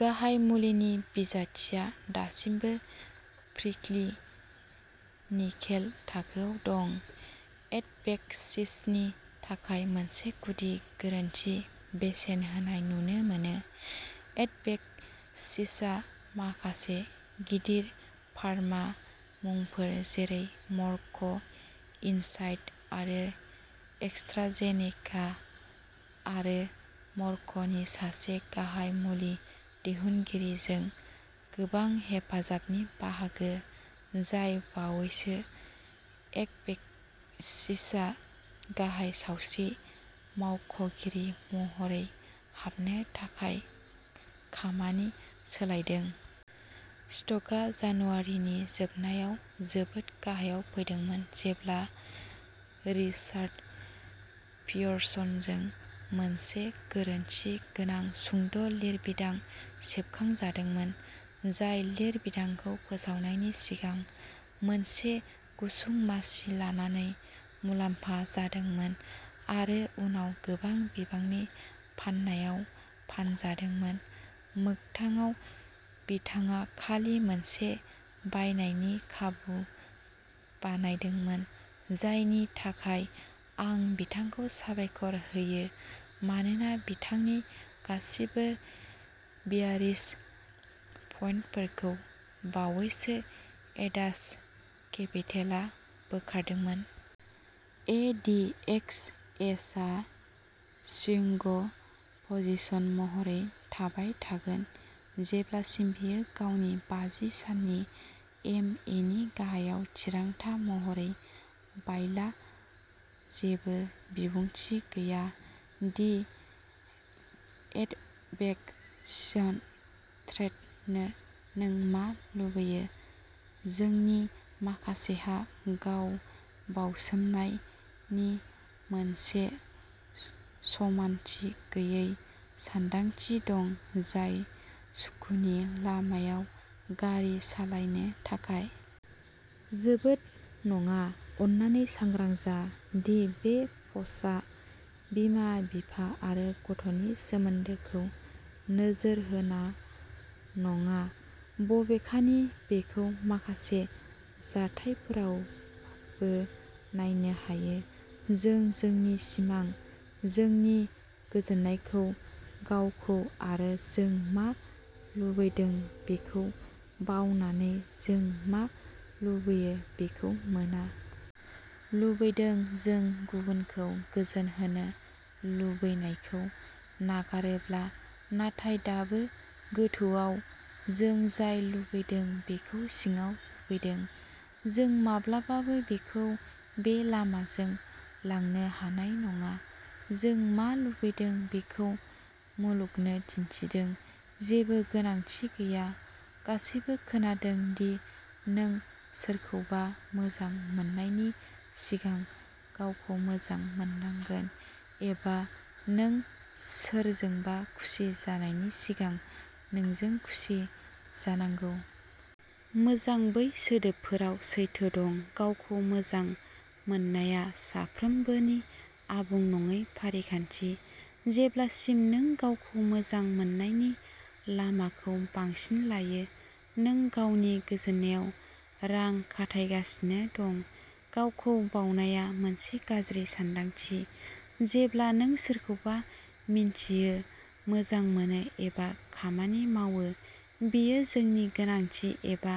गाहाय मुलिनि बिजाथिआ दासिमबो प्रिक्लिनिकेल थाखोआव दं। एडवेक्सिसनि थाखाय मोनसे गुदि गोरोन्थि बेसेन होनाय नुनो मोनो। एडवेक्सिसआ माखासे गिदिर फार्मा मुंफोर, जेरै मर्क, इन्साइट आरो एस्ट्राजेनेका, आरो मर्कनि सासे गाहाय मुलि दिहुनगिरिजों गोबां हेफाजाबनि बाहागो, जाय बावैसो एडवेक्सिसआव गाहाय सावस्रि मावख'गिरि महरै हाबनो थाखाय खामानि सोलायदों। स्टका जानुवारिनि जोबनायाव जोबोद गाहायाव फैदोंमोन जेब्ला रिचार्ड पियर्सनजों मोनसे गोरोन्थि गोनां सुंद'लिरबिदां सेबखांजादोंमोन, जाय लिरबिदांखौ फोसावनायनि सिगां मोनसे गुसुं मासि लानानै मुलाम्फा जादोंमोन आरो उनाव गोबां बिबांनि फाननायाव फानजादोंमोन। मोगथाङाव, बिथाङा खालि मोनसे बायनायनि खाबु बानायदोंमोन जायनि थाखाय आं बिथांखौ साबायखर होयो, मानोना बिथांनि गासिबो बियारिश पइन्टफोरखौ बावैसोनि एडाज केपिटेलआ बोखारदोंमोन। एडिएक्सएसआ स्विंग पजिशन महरै थाबाय थागोन जेब्लासिम बेयो गावनि बाजि साननि एमएनि गाहायाव थिरांथा महरै बायला। जेबो बिबुंथि गैया "दि एडवेक्सिस ट्रेडनो नों मा लुबैयो? जोंनि माखासेहा गाव बावसोमनायनि मोनसे समानथि गैयै सानदांथि दं, जाय सुखुनि लामायाव गारि सालायनो थाखाय। जोबोद नङा। अन्नानै सांग्रां जा दि बे पस्टआ बिमा-बिफा आरो गथ'नि सोमोन्दोखौ नोजोर होना नङा। बबेखानि, बेखौ माखासे जाथायफोरावबो नायनो हायो। जों जोंनि सिमां, जोंनि गोजोननायखौ, गावखौ आरो जों मा लुबैदों बेखौ बावनानै जों मा लुबैयो बेखौ मोना। लुबैदों जों गुबुनखौ गोजोनहोनो लुबैनायखौ नागारोब्ला, नाथाय दाबो गोथौआव, जों जाय लुबैदों बेखौ सिङाव लुबैदों जों माब्लाबाबो बेखौ बे लामाजों लांनो हानाय नङा जों मा लुबैदों बेखौ मुलुगनो दिन्थिदों, जेबो गोनांथि गैया। गासैबो खोनादों दि नों सोरखौबा मोजां मोननायनि सिगां गावखौ मोजां मोननांगोन एबा नों सोरजोंबा खुसि जानायनि सिगां नोंजों खुसि जानांगौ मोजां, बै सोदोबफोराव सैथो दं। गावखौ मोजां मोननाया सानफ्रोमबोनि आबुं नङै फारिखान्थि। जेब्लासिम नों गावखौ मोजां मोननायनि लामाखौ बांसिन लायो, नों गावनि गोजोननायाव रां खाथायगासिनो दं। गावखौ बावनाया मोनसे गाज्रि सानदांथि। जेब्ला नों सोरखौबा मिन्थियो, मोजां मोनो एबा खामानि मावो, बियो जोंनि गोनांथि एबा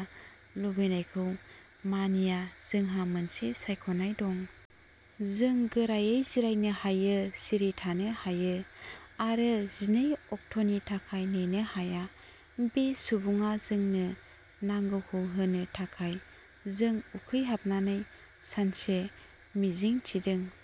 लुबैनायखौ मानिया, जोंहा मोनसे सायख'नाय दं। जों गोरायै जिरायनो हायो, सिरि थानो हायो आरो जिनै अक्ट'नि थाखाय नेनो हाया, बे सुबुङा जोंनो नांगौखौ होनो थाखाय जों उखैहाबनानै सानसे मिजिं थिदों।